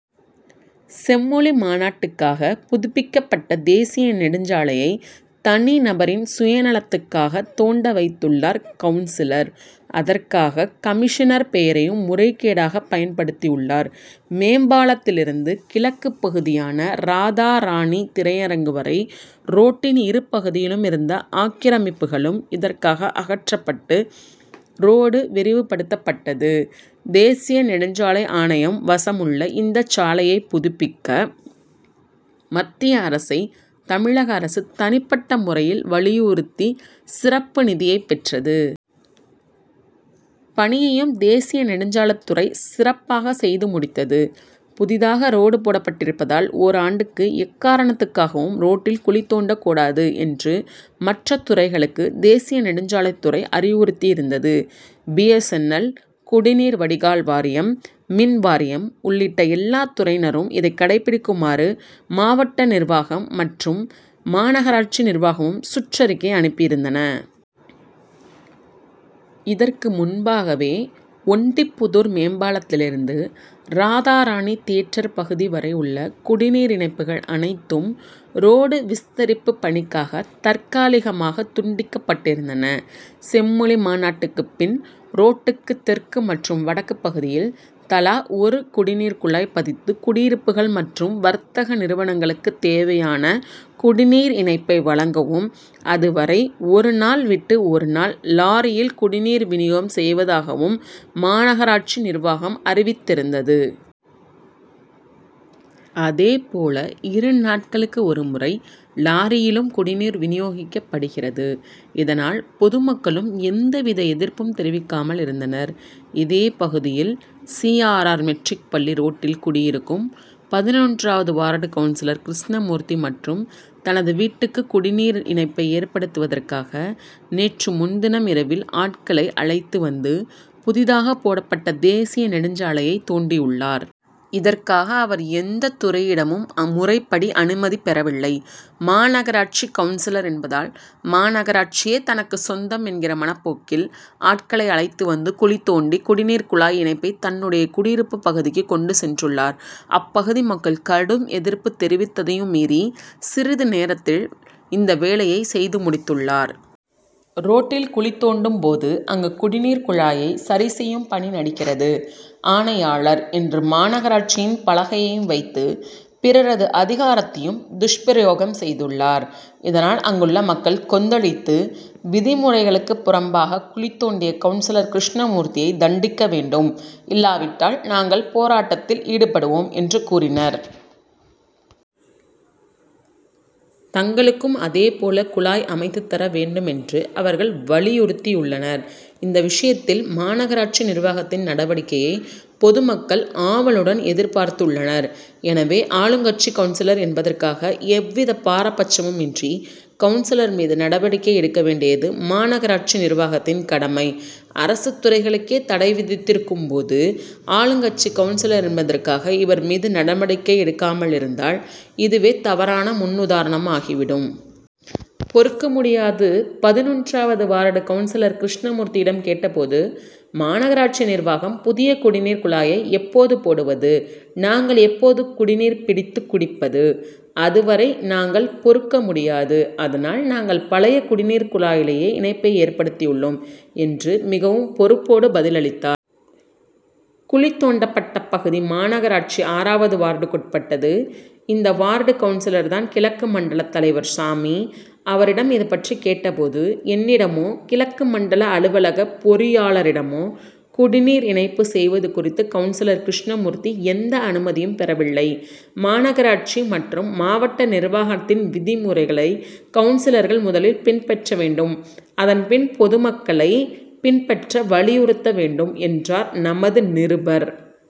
செம்மொழி மாநாட்டுக்காக புதுப்பிக்கப்பட்ட தேசிய நெடுஞ்சாலையை தனிநபரின் சுய நலத்துக்காகத் தோண்ட வைத்துள்ளார் கவுன்சிலர் அதற்காக கமிஷனர் பெயரையும் முறைகேடாக பயன்படுத்தியுள்ளார். மேம்பாலத்திலிருந்து கிழக்கு பகுதியான ராதாராணி திரையரங்கு வரை ரோட்டின் இரு பகுதியிலும் இருந்த ஆக்கிரமிப்புகளும் இதற்காக அகற்றப்பட்டு, ரோடு விரிவுபடுத்தப்பட்டது. தேசிய நெடுஞ்சாலை ஆணையம் வசமுள்ள இந்த சாலையைப் புதுப்பிக்க, மத்திய அரசை தமிழக அரசு தனிப்பட்ட முறையில் வலியுறுத்தி சிறப்பு நிதியைப்பெற்றது. பணியையும் தேசிய நெடுஞ்சாலைத்துறை சிறப்பாக செய்து முடித்தது. புதிதாக ரோடு போடப்பட்டிருப்பதால், ஓராண்டுக்கு எக்காரணத்துக்காகவும் ரோட்டில் குழி தோண்டக்கூடாது என்று மற்ற துறைகளுக்கு தேசிய நெடுஞ்சாலைத்துறை அறிவுறுத்தியிருந்தது. பி. எஸ். என். எல்., குடிநீர் வடிகால் வாரியம், மின் வாரியம் உள்ளிட்ட எல்லாத்துறையினரும் இதை கடைபிடிக்குமாறு, மாவட்ட நிர்வாகம் மற்றும் மாநகராட்சி நிர்வாகமும் சுற்றறிக்கை அனுப்பியிருந்தன. இதற்கு முன்பாகவே, ஒண்டிப்புதூர் மேம்பாலத்திலிருந்து ராதாராணி தியேட்டர் பகுதி வரை உள்ள குடிநீர் இணைப்புகள் அனைத்தும் ரோடு விஸ்தரிப்புப் பணிக்காக தற்காலிகமாக துண்டிக்கப்பட்டிருந்தன. செம்மொழி மாநாட்டுக்குப் பின், ரோட்டுக்கு தெற்கு மற்றும் வடக்கு பகுதியில் தலா ஒரு குடிநீர் குழாய் பதித்து குடியிருப்புகள் மற்றும் வர்த்தக நிறுவனங்களுக்கு தேவையான குடிநீர் இணைப்பை வழங்கவும், அதுவரை ஒரு நாள் விட்டு ஒரு நாள் லாரியில் குடிநீர் வினியோகம் செய்வதாகவும் மாநகராட்சி நிர்வாகம் அறிவித்திருந்தது. அதேபோல, இரு நாட்களுக்கு ஒரு முறை லாரியிலும் குடிநீர் வினியோகிக்கப்படுகிறது. இதனால், பொதுமக்களும் எந்தவித எதிர்ப்பும் தெரிவிக்காமல் இருந்தனர். இதே பகுதியில், சி. ஆர். ஆர்.,மெட்ரிக் பள்ளி ரோட் டில் குடியிருக்கும் பதினொன்றாவது வார்டு கவுன்சிலர் கிருஷ்ணமூர்த்தி மட்டும், தனது வீட்டுக்கு குடிநீர் இணைப்பை ஏற்படுத்துவதற்காக, நேற்று முன் தினம் இரவில் ஆட்களை அழைத்து வந்து, புதிதாக போடப்பட்ட தேசிய நெடுஞ்சாலையைத் தோண் டியுள்ளார். இதற்காக, அவர் எந்தத் துறையிடமும் முறைப்படி அனுமதி பெறவில்லை. மாநகராட்சி கவுன்சிலர் என்பதால், மாநகராட்சியே தனக்குச் சொந்தம் என்கிற மனப்போக்கில், ஆட்களை அழைத்து வந்து, குழி தோண்டி, குடிநீர் குழாய் இணைப்பை தன்னுடைய குடியிருப்புப் பகுதிக்கு கொண்டு சென்றுள்ளார். அப்பகுதி மக்கள் கடும் எதிர்ப்பு தெரிவித்ததையும் மீறி, சிறிது நேரத்தில் இந்த வேலையைச் செய்து முடித் துள்ளார். ரோட்டில் குழி தோண்டும் போது, அங்கு "குடிநீர் குழாயை சரி செய்யும் பணி நடக்கிறது, ஆணையாளர்' என்று மாநகராட்சியின் பலகையையும் வைத்து, பிறரது அதிகாரத்தையும் துஷ்பிரயோகம் செய்துள்ளார். இதனால், அங்குள்ள மக்கள் கொந்தளித்து, "விதிமுறைகளுக்கு புறம்பாக குழி தோண்டிய கவுன்சிலர் கிருஷ்ணமூர்த்தியை தண்டிக்க வேண்டும்; இல்லாவிட்டால் நாங்கள் போராட்டத்தில் ஈடுபடுவோம்' என்று கூறினர். தங்களுக்கும் அதே போல குழாய் அமைத்துத்தர வேண்டுமென்று அவர்கள் வலியுறுத்தியுள்ளனர். இந்த விஷயத்தில், மாநகராட்சி நிர்வாகத்தின் நடவடிக்கையை பொது மக்கள் ஆவலுடன் எதிர்பார்த்துள்ளனர். எனவே, ஆளுங்கட்சி கவுன்சிலர் என்பதற்காக எவ்வித பாரபட்சமும் இன்றி கவுன்சிலர் மீது நடவடிக்கை எடுக்க வேண்டியது, மாநகராட்சி நிர்வாகத்தின் கடமை. அரசுத் துறைகளுக்கே தடை விதித்திருக்கும் போது, ஆளுங்கட்சி கவுன் சிலர் என்பதற்காக இவர் மீது நடவடிக்கை எடுக்காமலிருந்தால், இதுவே தவறான முன்னுதாரணமாகி விடும். பொறுக்க முடியாது பதினொன்றாவது வார்டு கவுன்சிலர் கிருஷ்ணமூர்த்தியிடம் கேட்டபோது, மாநகராட்சி நிர்வாகம் புதிய குடிநீர் குழாயை எப்போது போடுவது, நாங்கள் எப்போது குடிநீர் பிடித்து குடிப்பது? அதுவரை நாங்கள் பொறுக்கமுடியாது. அதனால், நாங்கள் பழைய குடிநீர் குழாயிலேயே, இணைப்பை ஏற்படுத்தியுள்ளோம்,'' என்று மிகவும் "பொறுப்போடு' பதிலளித்தார். குழி தோண்டப்பட்ட பகுதி, மாநகராட்சி ஆறாவது வார்டுக்குட்பட்டது. இந்த வார்டு கவுன்சிலர்தான், கிழக்கு மண்டலத் தலைவர் சாமி. அவரிடம் இதுபற்றி கேட்டபோது, ""என்னிடமோ, கிழக்கு மண்டல அலுவலக பொறியாளரிடமோ குடிநீர் இணைப்பு செய்வது குறித்து கவுன்சிலர் கிருஷ்ணமூர்த்தி எந்த அனுமதியும் பெறவில்லை. மாநகராட்சி மற்றும் மாவட்ட நிர்வாகத்தின் விதிமுறைகளை கவுன்சிலர்கள் முதலில் பின்பற்ற வேண்டும். அதன் பின் பொதுமக்களை பின்பற்ற வலியுறுத்த வேண்டும்,'' என்றார். நமது நிருபர்